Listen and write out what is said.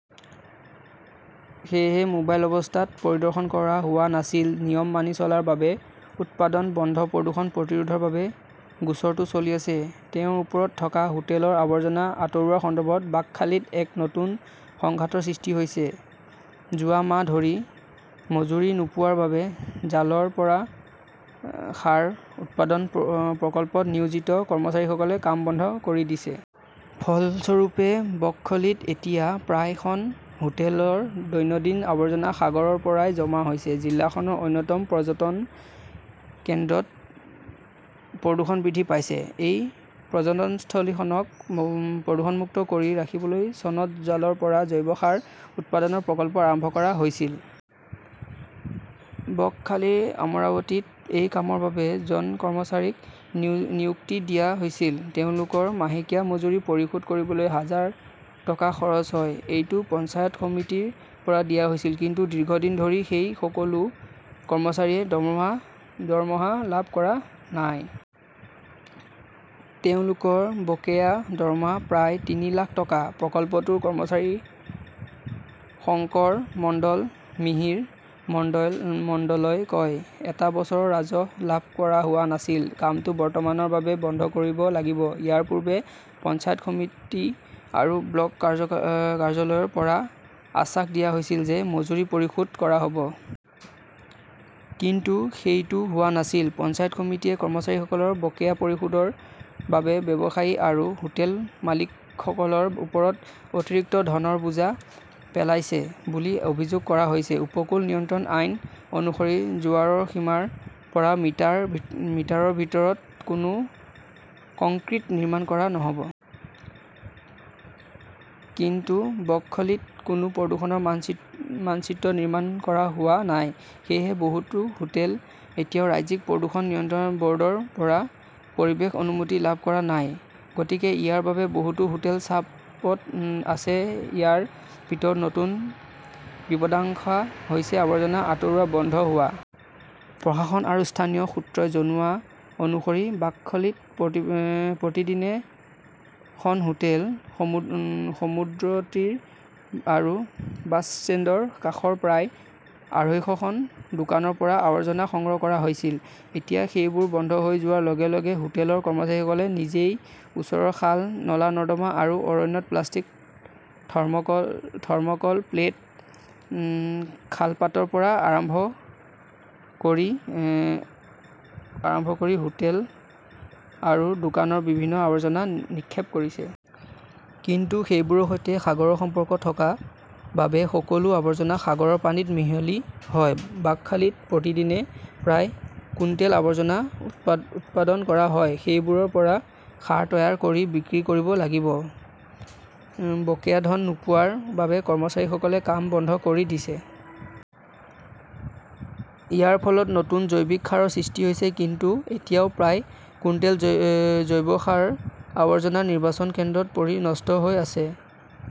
সেয়েহে মোবাইল অৱস্থাত পৰিদৰ্শন কৰা হোৱা নাছিল। নিয়ম মানি চলাৰ বাবে উৎপাদন বন্ধ প্ৰদূষণ প্ৰতিৰোধৰ বাবে গোচৰটো চলি আছে। তেওঁৰ ওপৰত থকা হোটেলৰ আৱৰ্জনা আঁতৰোৱাৰ সন্দৰ্ভত বাকখালীত এক নতুন সংঘাতৰ সৃষ্টি হৈছে। যোৱা মাহ ধৰি মজুৰি নোপোৱাৰ বাবে জালৰ পৰা সাৰ উৎপাদন প্ৰকল্পত নিয়োজিত কৰ্মচাৰীসকলে কাম বন্ধ কৰি দিছে। ফলস্বৰূপে, বক্খলিত এতিয়া প্ৰায় খন হোটেলৰ দৈনন্দিন আৱৰ্জনা সাগৰৰ পৰাই জমা হৈছে। জিলাখনৰ অন্যতম পৰ্যটন কেন্দ্ৰত প্ৰদূষণ বৃদ্ধি পাইছে। এই পৰ্যটনস্থলীখনক প্ৰদূষণমুক্ত কৰি ৰাখিবলৈ চনত জালৰ পৰা জৈৱ সাৰ উৎপাদনৰ প্ৰকল্প আৰম্ভ কৰা হৈছিল। বকখালীৰ অমৰাৱতীত এই কামৰ বাবে জন কৰ্মচাৰীক নিযুক্তি দিয়া হৈছিল। তেওঁলোকৰ মাহেকীয়া মজুৰি পৰিশোধ কৰিবলৈ হাজাৰ টকা খৰচ হয়। এইটো পঞ্চায়ত সমিতিৰ পৰা দিয়া হৈছিল। কিন্তু দীৰ্ঘদিন ধৰি সেই সকলো কৰ্মচাৰীয়ে দৰমহা লাভ কৰা নাই। তেওঁলোকৰ বকেয়া দৰমহা প্ৰায় তিনি লাখ টকা। প্ৰকল্পটোৰ কৰ্মচাৰী শংকৰ মণ্ডল, মিহিৰ মণ্ডলই কয়, "এটা বছৰ ৰাজহ লাভ কৰা হোৱা নাছিল। কামটো বৰ্তমানৰ বাবে বন্ধ কৰিব লাগিব। ইয়াৰ পূৰ্বে পঞ্চায়ত সমিতি আৰু ব্লক কাৰ্যালয়ৰ পৰা আশ্বাস দিয়া হৈছিল যে মজুৰি পৰিশোধ কৰা হ 'ব। কিন্তু সেইটো হোৱা নাছিল। "পঞ্চায়ত সমিতিয়ে কৰ্মচাৰীসকলৰ বকেয়া পৰিশোধৰ বাবে ব্যৱসায়ী আৰু হোটেল মালিকসকলৰ ওপৰত অতিৰিক্ত ধনৰ বোজা পেলাইছে বুলি অভিযোগ কৰা হৈছে। উপকূল নিয়ন্ত্ৰণ আইন অনুসৰি, জোৱাৰৰ সীমাৰ পৰা মিটাৰৰ ভিতৰত কোনো কংক্ৰিট নিৰ্মাণ কৰা নহ 'ব। কিন্তু বকখালীত কোনো প্ৰদূষণৰ মানচিত্ৰ নিৰ্মাণ কৰা হোৱা নাই। সেয়েহে, বহুতো হোটেল এতিয়াও ৰাজ্যিক প্ৰদূষণ নিয়ন্ত্ৰণ ব "ৰ্ডৰ পৰা পৰিৱেশ অনুমতি লাভ কৰা নাই। গতিকে ইয়াৰ বাবে বহুতো হোটেল চাপত আছে। ইয়াৰ ভিতৰত নতুন বিপদাশংকা হৈছে আৱৰ্জনা আঁতৰোৱা বন্ধ হোৱা। প্ৰশাসন আৰু স্থানীয় সূত্ৰই জনোৱা অনুসৰি বাকখালীত প্ৰতিদিনে খন হোটেল, সমুদ্ৰতীৰ আৰু বাছষ্টেণ্ডৰ কাষৰ প্ৰায় আঢ়ৈশখন দোকানৰ পৰা আৱৰ্জনা সংগ্ৰহ কৰা হৈছিল। এতিয়া সেইবোৰ বন্ধ হৈ যোৱাৰ লগে লগে হোটেলৰ কৰ্মচাৰীসকলে নিজেই ওচৰৰ খাল, নলা-নৰ্দমা আৰু অৰণ্যত প্লাষ্টিক, থৰ্ম "কল প্লেট, শালপাতৰ পৰা আৰম্ভ কৰি হোটেল আৰু দোকানৰ বিভিন্ন আৱৰ্জনা নিক্ষেপ কৰিছে। কিন্তু সেইবোৰৰ সৈতে সাগৰৰ সম্পৰ্ক থকাৰ বাবে সকলো আৱৰ্জনা সাগৰৰ পানীত মিহলি হয়। বাকখালীত প্ৰতিদিনে প্ৰায় কুইণ্টেল আৱৰ্জনা উৎপাদন কৰা হয়। সেইবোৰৰ পৰা সাৰ তৈয়াৰ কৰি বিক্ৰী কৰিব লাগিব। বকেয়া ধন নোপোৱাৰ বাবে কৰ্মচাৰীসকলে কাম বন্ধ কৰি দিছে। ইয়াৰ ফলত নতুন জৈৱিক সাৰৰ সৃষ্টি হৈছে। কিন্তু এতিয়াও প্ৰায় কুইণ্টেল জৈৱ সাৰ আৱৰ্জনা নিৰ্বাচন কেন্দ্ৰত পৰি নষ্ট হৈ আছে।